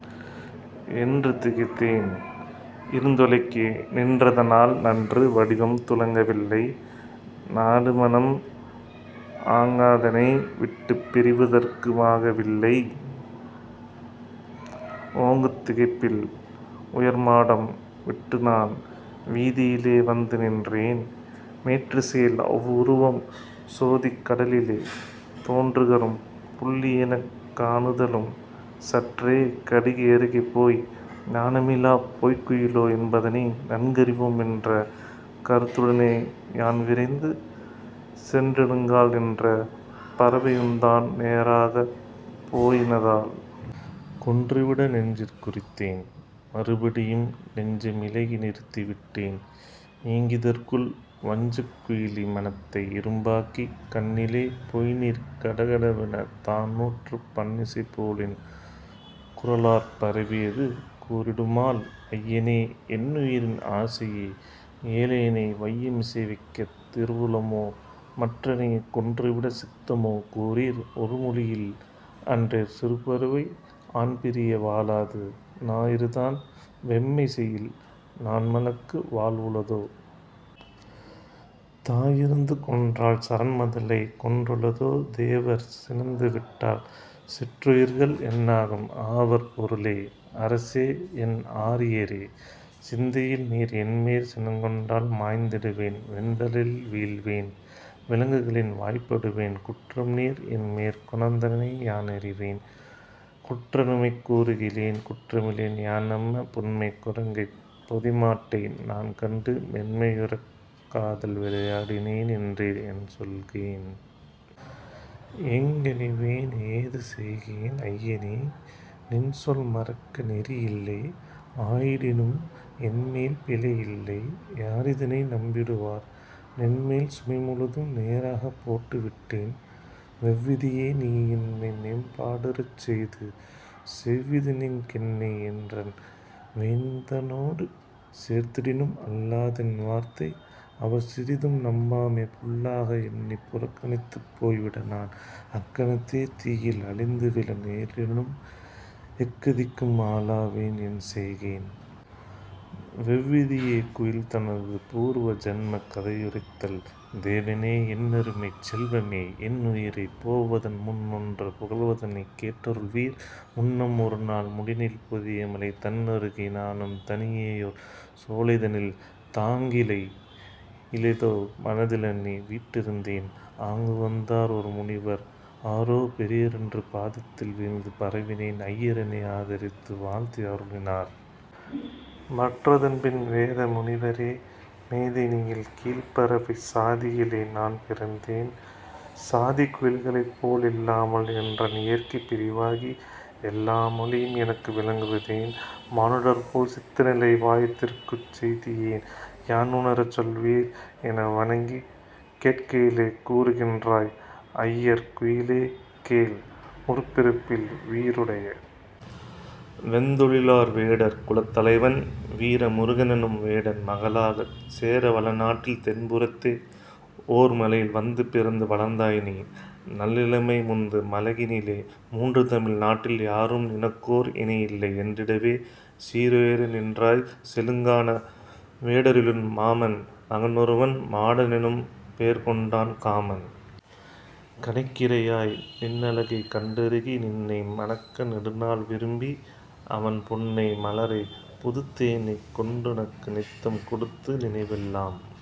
' என்று திகைத்தேன்; 'இருந்தொலைக்கே நின்றதனால் நன்று வடிவம் துலங்கவில்லை; நாடுமனம் ஆங்காதனை விட்டுப் பிரிவதற்கு மாக வில்லை. ஓங்குந் திகைப்பில் உயர்மாடம் விட்டுநான் வீதியிலே வந்துநின்றேன். மேற்றிசையில் அவ்வுருவம் சோதிக் கடலிலே தோன்றுகரும் புள்ளியெனக் காணுதலும், சற்றே கடுகி யருகே போய், 'நாணமிலாப் பொய்க்குயிலோ', என்பதனை நன்கறிவோம் என்ற கருத்துடனே யான்விரைந்து சென்றிடுங்கால், நின்ற பறவையுந்தான் நேராகப் போயினதால். கொன்றுவிட நெஞ்சிற் குறித்தேன்; மறுபடியும் நெஞ்ச மிளகி நிறுத்திவிட்டேன். ஈங்கிதற்குள், வஞ்சக் குயிலி மனத்தை இரும்பாக்கிக் கண்ணிலே பொய்ந்நீர் கடகடவெனத் தானூற்றப் பண்ணிசைபோ லின்குரலாற் பரவியது கூறிடுமால்; 'ஐயனே, என்னுயிரின் ஆசையே! ஏழையெனை வையமிசை வைக்கத் திருவுளமோ? மற்றெனையே கொன்றுவிடச் சித்தமோ? கூறீர், ஒருமொழியில்! அன்றிற் சிறுபறவை ஆண்பிரிய வாழாது, ஞாயிறுதான் வெம்மைசெயில், நாண்மலக்கு வாழ்வுளதோ? தாயிருந்து கொன்றால் சரண்மதலைக் கொன்றுளதோ? தேவர் சினந்துவிட்டால், சிற்றுயிர்கள் என்னாகும்? ஆவற் பொருளே! அரசே! என் ஆரியரே! சிந்தையில் நீர் என்மேற் சினங்கொண்டால் மாய்ந்திடுவேன் வெந்தழலில் வீழ்வேன், விலங்குகளின் வாய்ப்படுவேன். குற்றம்நீர் என்மேற்கொணர்ந்ததனை யானறிவேன். குற்றநுமைக் கூறுகிலேன்; குற்றமிலேன் யானம்ம! புன்மைக் குரங்கைப் பொதிமாட்டை நான்கண்டு மென்மையுறக் காதல் விளையாடி னேன்என்றீர்; என்சொல்கேன்! எங்ஙனுய்வேன்! ஏதுசெய்கேன், ஐயனே! நின்சொல் மறக்க நெறியில்லை; ஆயிடினும் என்மேல் பிழையில்லை; யாரிதனை நம்பிடுவார்? நின்மேல் சுமைமுழுதும் நேராகப் போட்டுவிட்டேன். வெவ்விதியே! நீ என்னை மேம்பாடுறச் செய்து செவ்விதினிங் கென்னை என்றன் வேந்தனொடு சேர்த்திடினும் அல்லாதென் வார்த்தை அவர்சிறிதும் நம்பாமே புல்லாக எண்ணிப் புறக்கணித்துப் போய்விட, நான் அக்கணத்தே தீயில் அழிந்துவிழ நேரிடினும், எக்கதிக்கும் ஆளாவேன்; என்செய்கேன்? வெவ்விதியே!. குயில் தனது பூர்வ ஜன்மக் கதையுரைத்தல் ''தேவனே! என்னருமைச் செல்வமே? என்னுயிரே! போவதன் முன்னொன்று புகல்வதனைக் கேட்டருள் வீர்! முன்னம்ஒருநாள் முடிநீள் பொதியமலை தன்னருகே நானும் தனியேயோர் சோலைதனில் தாங்கிளையி லேதோ மனதிலெண்ணி வீற்றிருந்தேன். ஆங்குவந்தார் ஓர் முனிவர். ஆரோ பெரியரென்று பாதத்தில் வீழ்ந்து பரவினேன்; ஐயரெனை ஆதரித்து வாழ்த்தி அருளினார். மற்றதன்பின், 'வேத முனிவரே, மேதினியில் கீழ்ப்பறவைக் சாதியிலே நான் பிறந்தேன், சாதிக் குயில்களைப்போல் இல்லாமல், என்றன் இயற்கை பிரிவாகி, எல்லாம் மொழியும் எனக்கு விளங்குவதேன்? மானுடர்போல் சித்தநிலை வாயித்திருக்குஞ் செய்தியேன்? யானுணரச் சொல்வீர்' என வணங்கிக் கேட்கையிலே, கூறுகின்றாய் ஐயர்: 'குயிலே! கேள், முற்பிறப்பில் வீறுடைய வெந்தொழிலார் வேடர் குலத்தலைவன் வீர முருகனென்னும் வேடன் மகளாகச் சேர வளநாட்டில் தென்புறத்தே ஓர்மலையில் வந்து பிறந்து வள்ர்ந்தாய் நீ, நல்லிளமை முந்து மழகினிலே மூன்றுதமிழ் நாட்டில் யாரும் நினக்கோர் இணையில்லை என்றிடவே சீருயர நின்றாய்; செழுங்கான வேடரிலுன் மாமன் மகனொருவன் மாடனெனும் பேர்கொண்டான், காமன் கணைக்கிரையாய், நின்னழகைக் கண்டுருகி, நின்னை மணக்க நெடுநாள் விரும்பி, அவன் பொன்னை மலரைப் புதுத்தேனைக் கொண்டுனக்கு நித்தம் கொடுத்து நினைவெல்லாம்